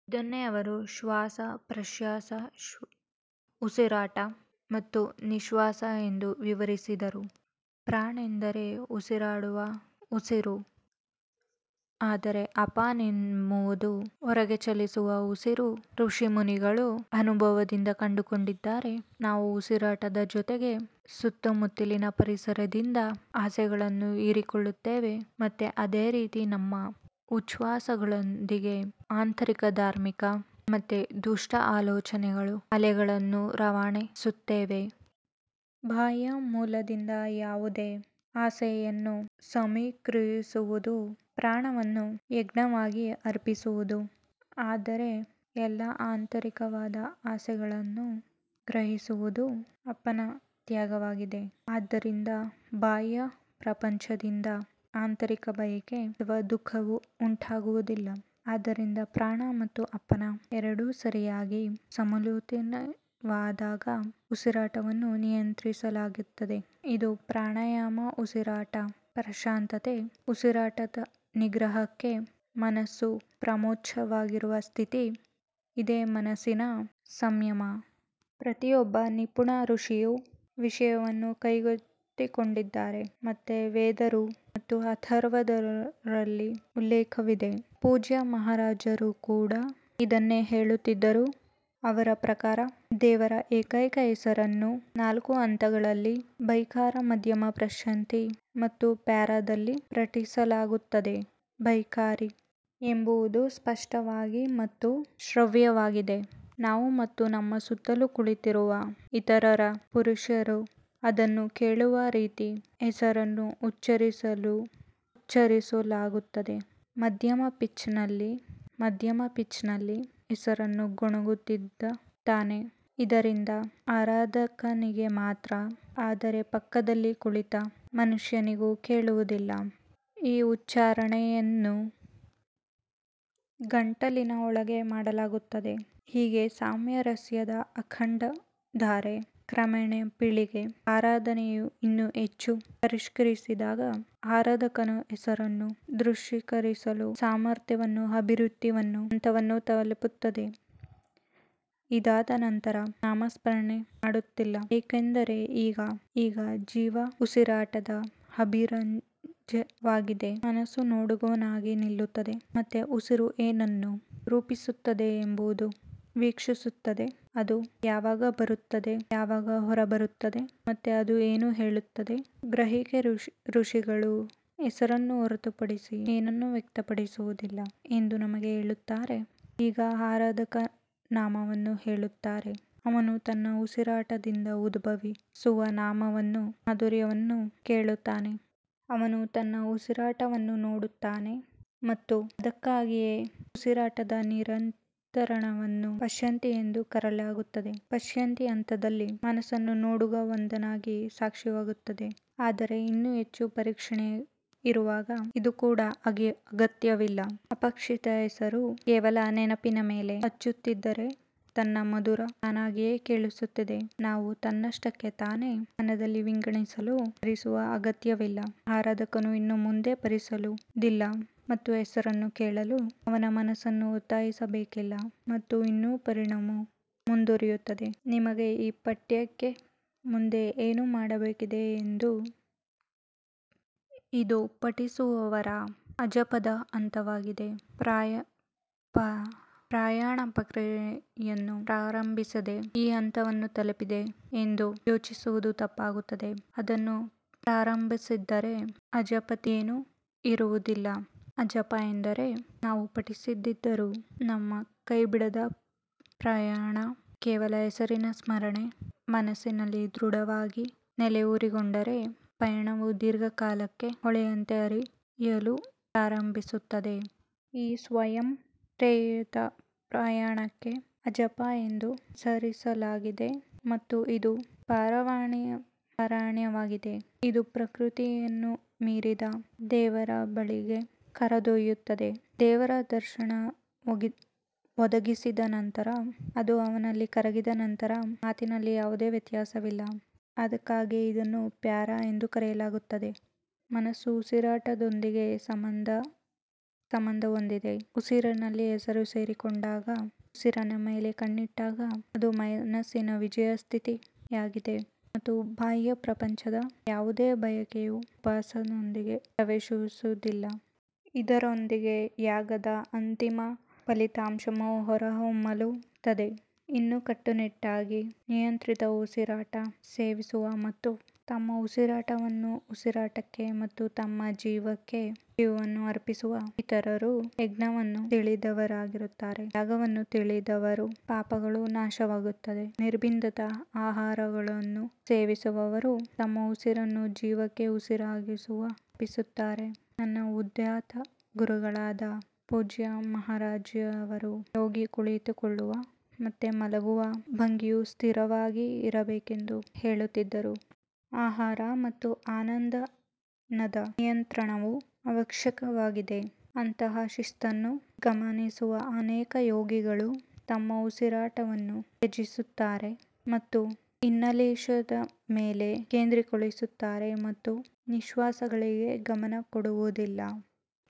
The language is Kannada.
ಇದನ್ನೇ ಅವರು ಶ್ವಾಸ ಪ್ರಶ್ವಾಸ್ ಉಸಿರಾಟ ಮತ್ತು ನಿಶ್ವಾಸ ಎಂದೂ ವಿವರಿಸಿದ್ದಾರೆ ಪ್ರಾಣ್ ಎಂದರೆ ಉಸಿರಾಡುವ ಉಸಿರು ಆದರೆ ಅಪಾನ್ ಎಂಬುದು ಹೊರಗೆ ಚಲಿಸುವ ಉಸಿರು ಋಷಿಮುನಿಗಳು ಅನುಭವದಿಂದ ಕಂಡುಕೊಂಡಿದ್ದಾರೆ, ನಾವು ಉಸಿರಾಟದ ಜೊತೆಗೆ ಸುತ್ತಮುತ್ತಲಿನ ಪರಿಸರದಿಂದ ಆಸೆಗಳನ್ನು ಹೀರಿಕೊಳ್ಳುತ್ತೇವೆ ಮತ್ತು ಅದೇ ರೀತಿಯಲ್ಲಿ ನಮ್ಮ ಉಚ್ಛ್ವಾಸಗಳೊಂದಿಗೆ ಆಂತರಿಕ ಧಾರ್ಮಿಕ ಮತ್ತು ದುಷ್ಟ ಆಲೋಚನೆಗಳ ಅಲೆಗಳನ್ನು ರವಾನಿಸುತ್ತೇವೆ. ಬಾಹ್ಯ ಮೂಲದಿಂದ ಯಾವುದೇ ಆಸೆಯನ್ನು ಸಮೀಕರಿಸದಿರುವುದು ಪ್ರಾಣವನ್ನು ಯಜ್ಞವಾಗಿ ಅರ್ಪಿಸುವುದು ಆದರೆ ಎಲ್ಲಾ ಆಂತರಿಕ ಆಸೆಗಳನ್ನು ನಿಗ್ರಹಿಸುವುದು ಅಪನ ತ್ಯಾಗವಾಗಿದೆ, ಆದ್ದರಿಂದ ಬಾಹ್ಯ ಪ್ರಪಂಚದ ಆಲೋಚನೆಗಳಿಂದ ಆಂತರಿಕ ಬಯಕೆ ಅಥವಾ ದುಃಖವು ಉಂಟಾಗುವುದಿಲ್ಲ. ಆದ್ದರಿಂದ ಪ್ರಾಣ ಮತ್ತು ಅಪನ ಎರಡೂ ಸರಿಯಾಗಿ ಸಮತೋಲಿತವಾದಾಗ ಉಸಿರಾಟವನ್ನು ನಿಯಂತ್ರಿಸಲಾಗುತ್ತದೆ ಇದು ಪ್ರಾಣಾಯಾಮ ಉಸಿರಾಟದ ಪ್ರಶಾಂತತೆ ಉಸಿರಾಟದ ನಿಗ್ರಹಕ್ಕೆ ಮನಸ್ಸು ಪರಮೋಚ್ಚವಾಗಿರುವ ಸ್ಥಿತಿ ಇದೇ ಮನಸ್ಸಿನ ಸಂಯಮ. ಪ್ರತಿಯೊಬ್ಬ ನಿಪುಣ ಋಷಿಯೂ ಈ ವಿಷಯವನ್ನು ಕೈಗೆತ್ತಿಕೊಂಡಿದ್ದಾರೆ ಮತ್ತು ವೇದ ಋಗ್ ಮತ್ತು ಅಥರ್ವ ರಲ್ಲಿ ಇದರ ಉಲ್ಲೇಖವಿದೆ. ಪೂಜ್ಯ ಮಹಾರಾಜರು ಕೂಡ ಇದನ್ನೇ ಹೇಳುತ್ತಿದ್ದರು ಅವರ ಪ್ರಕಾರ ದೇವರ ಏಕೈಕ ಹೆಸರನ್ನು ನಾಲ್ಕು ಹಂತಗಳಲ್ಲಿ ಬೈಖಾರಿ ಮಧ್ಯಮ ಪಶ್ಯಂತಿ ಮತ್ತು ಪ್ಯಾರಾದಲ್ಲಿ ಪಠಿಸಲಾಗುತ್ತದೆ ಬೈಖಾರಿ ಎಂಬುದು ಸ್ಪಷ್ಟವಾಗಿ ಮತ್ತು ಶ್ರವ್ಯವಾಗಿದೆ ನಾವು ಮತ್ತು ನಮ್ಮ ಸುತ್ತಲೂ ಕುಳಿತಿರುವ ಇತರ ಪುರುಷರು ಅದನ್ನು ಕೇಳುವ ರೀತಿಯಲ್ಲಿ ಹೆಸರನ್ನು ಉಚ್ಚರಿಸಲಾಗುತ್ತದೆ ಮಧ್ಯಮ ಪಿಚ್ನಲ್ಲಿ ಮಧ್ಯಮ ಪಿಚ್ನಲ್ಲಿ ಹೆಸರನ್ನು ಗೊಣಗುತ್ತಿದ್ದಾನೆ ಇದರಿಂದ ಆರಾಧಕನಿಗೆ ಮಾತ್ರ ಆದರೆ ಪಕ್ಕದಲ್ಲಿ ಕುಳಿತ ಮನುಷ್ಯನಿಗೂ ಅದು ಕೇಳುವುದಿಲ್ಲ ಈ ಉಚ್ಚಾರಣೆಯನ್ನು ಗಂಟಲಿನೊಳಗೆ ಮಾಡಲಾಗುತ್ತದೆ ಹೀಗೆ ಸಾಮರಸ್ಯದ ಅಖಂಡ ಧಾರೆಯ ಕ್ರಮೇಣ ಪೀಳಿಗೆಯಿದೆ ಆರಾಧನೆಯು ಇನ್ನೂ ಹೆಚ್ಚು ಪರಿಷ್ಕರಿಸಿದಾಗ ಆರಾಧಕನು ಹೆಸರನ್ನು ದೃಶ್ಯೀಕರಿಸುವ ಸಾಮರ್ಥ್ಯವನ್ನು ಅಭಿವೃದ್ಧಿಪಡಿಸಿದಾಗ ಹಂತವನ್ನು ತಲುಪುತ್ತದೆ ಇದಾದ ನಂತರ ನಾಮಸ್ಮರಣೆ ಮಾಡಲಾಗುತ್ತಿಲ್ಲ ಏಕೆಂದರೆ ಅದು ಈಗ ಜೀವ ಉಸಿರಾಟದ ಅವಿಭಾಜ್ಯ ಅಂಗವಾಗಿದೆ ಮನಸ್ಸು ನೋಡುಗನಾಗಿ ನಿಲ್ಲುತ್ತದೆ ಮತ್ತು ಉಸಿರು ಏನನ್ನು ರೂಪಿಸುತ್ತದೆ ಎಂಬುದನ್ನು ವೀಕ್ಷಿಸುತ್ತದೆ ಅದು ಯಾವಾಗ ಬರುತ್ತದೆ ಮತ್ತು ಅದು ಯಾವಾಗ ಹೊರಬರುತ್ತದೆ ಮತ್ತು ಅದು ಏನು ಹೇಳುತ್ತದೆ ಗ್ರಹಿಕೆಯ ಋಷಿಗಳು ಇದು ಹೆಸರನ್ನು ಹೊರತುಪಡಿಸಿ ಏನನ್ನೂ ವ್ಯಕ್ತಪಡಿಸುವುದಿಲ್ಲ ಎಂದು ನಮಗೆ ಹೇಳುತ್ತಾರೆ ಈಗ ಆರಾಧಕನು ನಾಮವನ್ನು ಹೇಳುವುದಿಲ್ಲ, ಅವನು ತನ್ನ ಉಸಿರಾಟದಿಂದ ಉದ್ಭವಿಸುವ ನಾಮದ ಮಾಧುರ್ಯವನ್ನು ಕೇಳುತ್ತಾನೆ. ಅವನು ತನ್ನ ಉಸಿರಾಟವನ್ನು ನೋಡುತ್ತಾನೆ ಮತ್ತು ಅದಕ್ಕಾಗಿಯೇ ಈ ಉಸಿರಾಟದ ನಿಯಂತ್ರಣದ ಹಂತವನ್ನು ಪಶ್ಯಂತಿ ಎಂದು ಕರೆಯಲಾಗುತ್ತದೆ ಪಶ್ಯಂತಿಯ ಹಂತದಲ್ಲಿ ಮನಸ್ಸನ್ನು ನೋಡುಗನ ಸಾಕ್ಷಿಯಾಗಿ ಹೊಂದಿಸಲಾಗಿದೆ ಆದರೆ ಇನ್ನೂ ಹೆಚ್ಚಿನ ಪರಿಷ್ಕರಣೆ ಇರುವಾಗ ಇದು ಕೂಡ ಅಗತ್ಯವಿಲ್ಲ ಅಪೇಕ್ಷಿತ ಹೆಸರು ಕೇವಲ ನೆನಪಿನ ಮೇಲೆ ಅಚ್ಚೊತ್ತಿದರೆ ಅದರ ಮಧುರ ತಾನಾಗಿಯೇ ಕೇಳಿಸುತ್ತದೆ ನಾಮವು ತನ್ನಷ್ಟಕ್ಕೆ ತಾನೆ ಮನದಲ್ಲಿ ರಿಂಗಣಿಸಲು ಈಗ ಪಠಿಸುವ ಅಗತ್ಯವಿಲ್ಲ ಆರಾಧಕನು ಇನ್ನು ಮುಂದೆ ಪಠಿಸುವುದಿಲ್ಲ ಮತ್ತು ಹೆಸರನ್ನು ಕೇಳಲು ಅವನು ಮನಸ್ಸನ್ನು ಒತ್ತಾಯಿಸಬೇಕಾಗಿಲ್ಲ ಮತ್ತು ಇನ್ನೂ ಪಠಣವು ಮುಂದುವರಿಯುತ್ತದೆ. ಇದು ಪಠಿಸದವರ ಅಜಪದ ಹಂತವಾಗಿದೆ ಪಾರಾಯಣ ಪ್ರಕ್ರಿಯೆಯನ್ನು ಪ್ರಾರಂಭಿಸದೆ ಈ ಹಂತವನ್ನು ತಲುಪಿದೆ ಎಂದು ಯೋಚಿಸುವುದು ತಪ್ಪಾಗುತ್ತದೆ ಅದನ್ನು ಪ್ರಾರಂಭಿಸದಿದ್ದರೆ ಅಜಪದಂತೆ ಏನೂ ಇರುವುದಿಲ್ಲ ಅಜಪ ಎಂದರೆ ನಾವು ಪಠಿಸದಿದ್ದರೂ ನಮ್ಮನ್ನು ಕೈಬಿಡದ ಪಾರಾಯಣ ಕೇವಲ ಹೆಸರಿನ ಸ್ಮರಣೆಯು ಮನಸ್ಸಿನಲ್ಲಿ ದೃಢವಾಗಿ ನೆಲೆಗೊಂಡರೆ, ಪಠಣವು ದೀರ್ಘಕಾಲಿಕ ಹೊಳೆಯಂತೆ ಹರಿಯಲು ಪ್ರಾರಂಭಿಸುತ್ತದೆ. ಈ ಸ್ವಯಂಪ್ರೇರಿತ ಪಾರಾಯಣಕ್ಕೆ ಅಜಪ ಎಂದು ಹೆಸರಿಸಲಾಗಿದೆ ಮತ್ತು ಇದು ಪಾರವಾಣಿಯ ಪಾರವಣಿಯಿಂದ ಪಾರಾಯಣವಾಗಿದೆ. ಇದು ಪ್ರಕೃತಿಯನ್ನು ಮೀರಿದ ಸಾರವಾಗಿರುವ ದೇವರ ಬಳಿಗೆ ಕರೆದೊಯ್ಯುತ್ತದೆ ದೇವರ ದರ್ಶನವನ್ನು ಒದಗಿಸಿದ ನಂತರ ಅದು ಅವನಲ್ಲಿ ಕರಗಿದ ನಂತರ ಮಾತಿನಲ್ಲಿ ಯಾವುದೇ ವ್ಯತ್ಯಾಸವಿಲ್ಲ ಅದಕ್ಕಾಗಿಯೇ ಇದನ್ನು ಪ್ಯಾರಾ ಎಂದು ಕರೆಯಲಾಗುತ್ತದೆ ಮನಸ್ಸು ಉಸಿರಾಟದೊಂದಿಗೆ ಸಂಬಂಧ ಹೊಂದಿದೆ ಉಸಿರಿನಲ್ಲಿ ಹೆಸರು ಸೇರಿಕೊಂಡಾಗ ಉಸಿರಿನ ಮೇಲೆ ಕಣ್ಣಿಟ್ಟಾಗ ಅದು ಮನಸ್ಸಿನ ವಿಜಯದ ಸ್ಥಿತಿಯಾಗಿದೆ ಮತ್ತು ಬಾಹ್ಯ ಪ್ರಪಂಚದ ಯಾವುದೇ ಬಯಕೆಯು ಉಪಾಸಕನೊಳಗೆ ಪ್ರವೇಶಿಸುವುದಿಲ್ಲ. ಇದರೊಂದಿಗೆ ಯಾಗದ ಅಂತಿಮ ಫಲಿತಾಂಶವು ಹೊರಹೊಮ್ಮುತ್ತದೆ ಇನ್ನೂ ಕಟ್ಟುನಿಟ್ಟಾಗಿ ನಿಯಂತ್ರಿತ ಉಸಿರಾಟವನ್ನು ಸೇವಿಸುವ ಮತ್ತು ತಮ್ಮ ಉಸಿರಾಟವನ್ನು ಉಸಿರಾಟಕ್ಕೆ ಮತ್ತು ಜೀವಕ್ಕೆ ಜೀವವನ್ನು ಅರ್ಪಿಸುವ ಇತರರು ಯಜ್ಞವನ್ನು ತಿಳಿದವರಾಗಿದ್ದಾರೆ ಮತ್ತು ಯಾಗವನ್ನು ತಿಳಿದವರೆಲ್ಲರ ಪಾಪಗಳು ನಾಶವಾಗುತ್ತವೆ. ನಿರ್ಬಂಧಿತ ಆಹಾರವನ್ನು ಸೇವಿಸುವವರು ತಮ್ಮ ಉಸಿರನ್ನು ಜೀವಕ್ಕೆ ಉಸಿರಾಗುವಂತೆ ಅರ್ಪಿಸುತ್ತಾರೆ ನನ್ನ ಉದಾತ್ತ ಗುರುಗಳಾದ ಪೂಜ್ಯ ಮಹಾರಾಜ್ ಜೀಯವರು ಯೋಗಿಯ ಕುಳಿತುಕೊಳ್ಳುವ ಮತ್ತು ಮಲಗುವ ಆಹಾರದ ಭಂಗಿಯು ಸ್ಥಿರವಾಗಿರಬೇಕು ಎಂದು ಹೇಳುತ್ತಿದ್ದರು. ಆಹಾರ ಮತ್ತು ಆನಂದದ ನಿಯಂತ್ರಣವು ಅವಶ್ಯಕವಾಗಿದೆ ಅಂತಹ ಶಿಸ್ತನ್ನು ಗಮನಿಸುವ ಅನೇಕ ಯೋಗಿಗಳು ತಮ್ಮ ಉಸಿರಾಟವನ್ನು ತ್ಯಜಿಸುತ್ತಾರೆ ಮತ್ತು ಇನ್ಹಲೇಷನ್ಗಳ ಮೇಲೆ ಕೇಂದ್ರೀಕರಿಸುತ್ತಾರೆ ಮತ್ತು ನಿಶ್ವಾಸಗಳಿಗೆ ಗಮನ ಕೊಡುವುದಿಲ್ಲ.